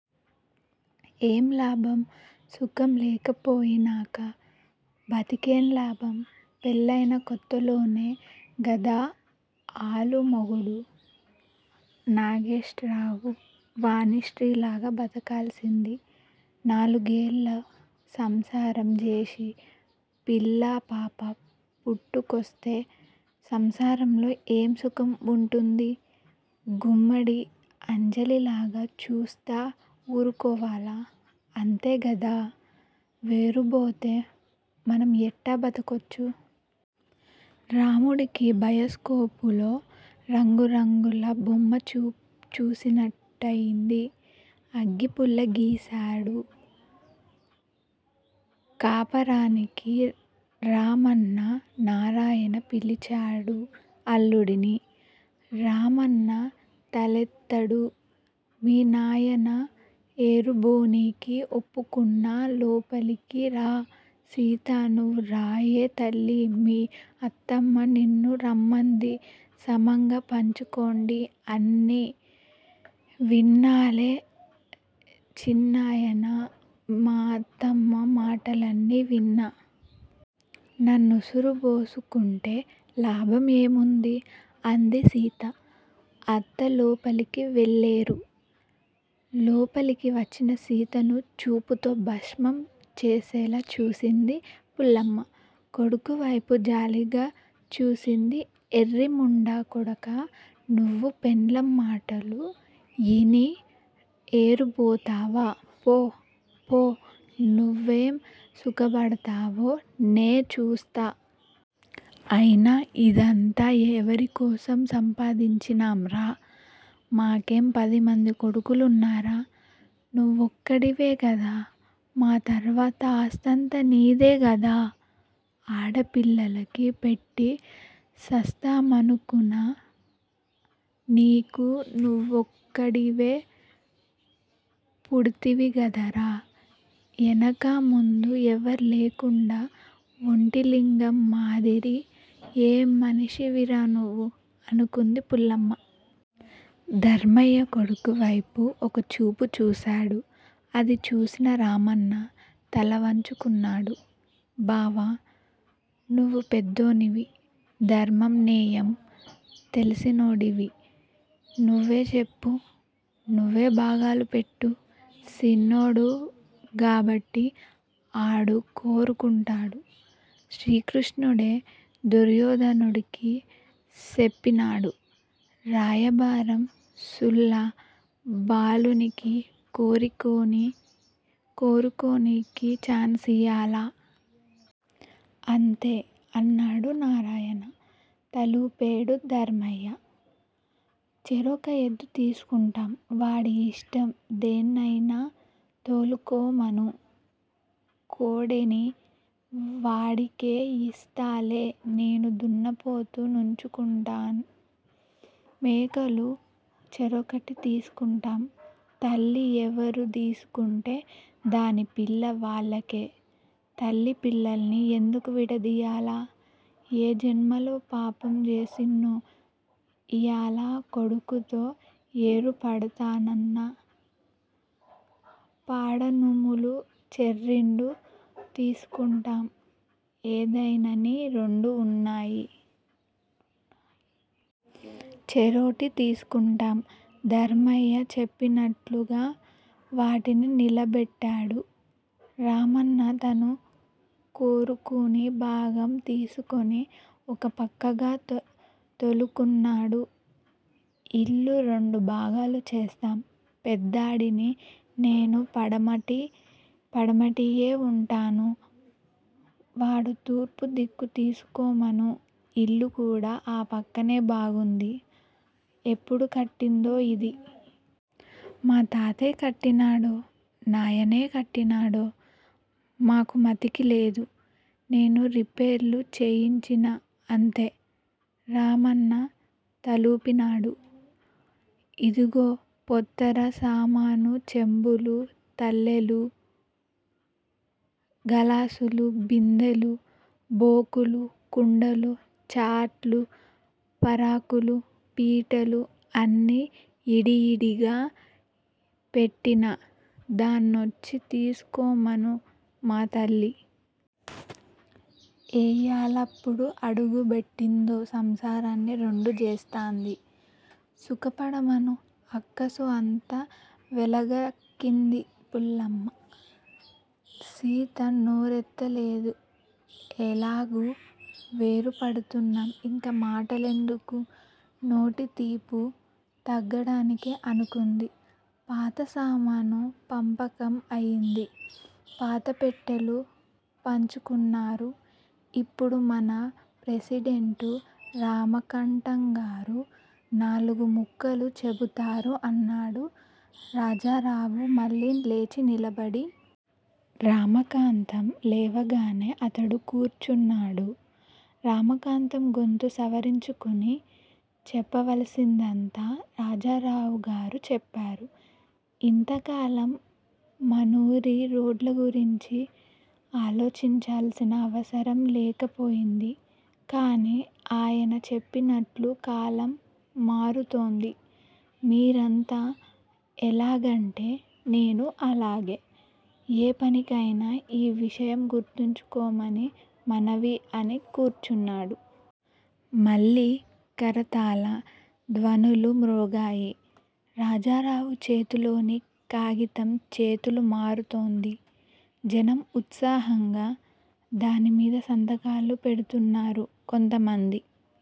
ఏం లాభం? సుఖం లేకపోయినాక బతికేం లాభం. పెళ్ళయిన కొత్తలోనే గదా ఆలు మొగుడు నాగేశర్రావు వాణిశ్రీ లాగ బతకాల్సింది. నాలుగేళ్ళు సంసారం జేసి పిల్లా పాపా పుట్టుకొస్తే సంసారంలో ఏం సుఖం వుంటుంది. గుమ్మడి అంజలి లాగా చూస్తా వురుకోవాల, అంతే గదా! వేరుబోతే మనం ఎట్టా బతకొచ్చు? రాముడికి 'బయస్కోపులో' రంగురంగుల బొమ్మ చూసి నట్టయింది. అగ్గిపుల్ల గీశాడు కాపరానికి, రామన్నా! నారాయణ పిలిచాడు అల్లుడిని. రామన్న తలెత్తడు. మీ నాయన ఏరుబోనికి ఒప్పుకున్నా లోపలికి రా? సీతా! నువు రాయే తల్లి మీ అత్తమ్మ నిన్నూ రమ్మంది సమంగా పంచుకొండిఅన్నీ విన్నాలే చిన్నాయనా! మా అత్తమ్మ మాటలన్నీ విన్నా! నన్నుసురుబోసుకుంటే లాభం ఏముంది! అంది సీత. అత లోపలికి వెళ్ళేరు. లోపలికి వచ్చిన సీతను చూపుతో భస్మం చేసేలా చూసింది పుల్లమ్మ. కొడుకు వైపు జాలిగా చూసింది. ఎర్రి ముండా కొడకా నువు పెండ్లాం మాటలు యిని ఏరుబోతావా! పో! పో! నువేం సుగపడతావో నే చూస్తా! అయినా యిదంతా ఎవరి కోసం సంపాయించినాంరా! మాకేం పదిమంది కొడుకులున్నారా! నువోక్కడివే గదా! మా తర్వాత ఆస్తంతా నీదే గదా? అడ పిల్లలకి పెట్టి సస్తామనుకున నీకు నువోక్కడివే పుడ్తివి గదరా ఎనకా ముందా ఎవర్లేకుండా ఒంటిలింగం మాదిరి! ఏం మనిషివిరా నువు? అనుకుంది పుల్లమ్మ. ధర్మయ్య కొడుకు వైపు ఒక చూపు చూశాడు. అది చూసిన రామన్న తలవంచుకున్నాడు. బావా! నువు పెద్దోనివి! ధర్మం నేయం తెలిసినోడివి నువే చెప్పు నువే భాగాలు పెట్టు. సిన్నోడు గాబట్టి ఆడు కోరుకుంటాడు. శ్రీకృష్ణుడే దుర్యోధనుడికి సెప్పినాడు. రాయభారం సుళ్ళ బాలునికి కోరుకోనీ కోరుకోనికి చాన్సియ్యాల! అంతే! అన్నాడు నారాయణ తలుపేడు ధర్మయ్య. చెరొక ఎద్దు తీసుకుంటాం వాడి యిష్టం దేన్నయినా తోలుకోమను. కొడేని వాడికే యిస్తాలే నేను దున్నపోతు నుంచుకుంటాను మేకలు చెరోకటి తీసుకుంటాం. తల్లి ఎవరు దీసుకుంటే దాని పిల్ల వాల్లకే! తల్లి పిల్లల్ని ఎందుకు విడదియ్యల, ఏ జన్మలో పాపం జేసిన్నో యియాల కొడుకుతో ఎరుపడతానన్నా పాడనుములు చెర్రెండు తీసుకుంటాం ఎదైనని రెండు వున్నయి. చెరోటి తీసుకుంటాం. ధర్మయ్య చెప్పినట్లుగా వాటిని నిలబెట్టాడు. రామన్న తను కోరుకుని భాగం తీసుకుని ఒక పక్కగా తొ లుకున్నాడు. ఇల్లు రెండు భాగాలు చేస్తాం! పెద్దాడిని నేను పడమటియే వుంటాను. వాడు తూర్పు దిక్కు తిసుకోమను. ఇల్లు కూడా ఆ పక్కనే బాగుంది. ఎప్పుడు కట్టిందో యిది! మా తాతే కట్టినాడో నాయనే కట్టినాడో మాకు మతికి లేదు. నేను రిపేర్లు చేయించినా అంతే. రామన్న తలుపినాడు. ఇదిగో పొత్తర సామాను చెంబులు తల్లెలు, గలాసులు, బిందెలు, బోకులు కుండలు, చాట్లు, పారకులు, పీటలు అన్నీ యిడియిడిగా పెట్టినా దాన్నోచ్చి తిసుకోమను మా తల్లి! ఏయాలప్పుడు అడుగు బెట్టిందో సంసారాన్ని రెండు జేస్తంది! సుకపడమను అక్కసు అంతా వెలగక్కింది పుల్లమ్మ. సీత నోరెత్తలేదు. ఎలాగూ వేరు పడుతున్నాం. ఇంకా మాటలెందుకు? నోటి తీపు తగ్గడానికి అనుకుంది. పాత్ర సామాను పంపకం అయింది. పాత్ర పెట్టెలు పంచుకున్నారు. ఇప్పుడు మన ప్రెసిడెంటు రా మకం టంగారు నాలుగు ముక్కలు చెబుతారు అన్నాడు రాజారావు మళ్ళీ లేచి నిలబడి. రామకాంతం లేవగానే అతడు కూర్చున్నాడు. రా మకాంతం గొంతు సవరించుకుని చెప్పవలసిందంతా రాజారావుగారు చెప్పారు. ఇంతకాలం మనూరి రోడ్లగురించి ఆలోచించాల్సిన అవసరం లేకపోయింది. కానీ అయన చెప్పినట్లు కాలం మారుతోంది. మీరంతా ఎలాగంటే నేనూ అలాగే! ఏ పనికయినా ఈ విషయం గుర్తుంచుకోమని మనవి అని కూర్చున్నాడు. మళ్ళీ కరతాళ ధ్వనులు మ్రోగాయి. రాజారావు చేతిలోని కాగితం చేతులు మారుతోంది. జనం ఉత్సాహంగా దానిమీద సంతకాలు పెడుతున్నారు. కొంతమంది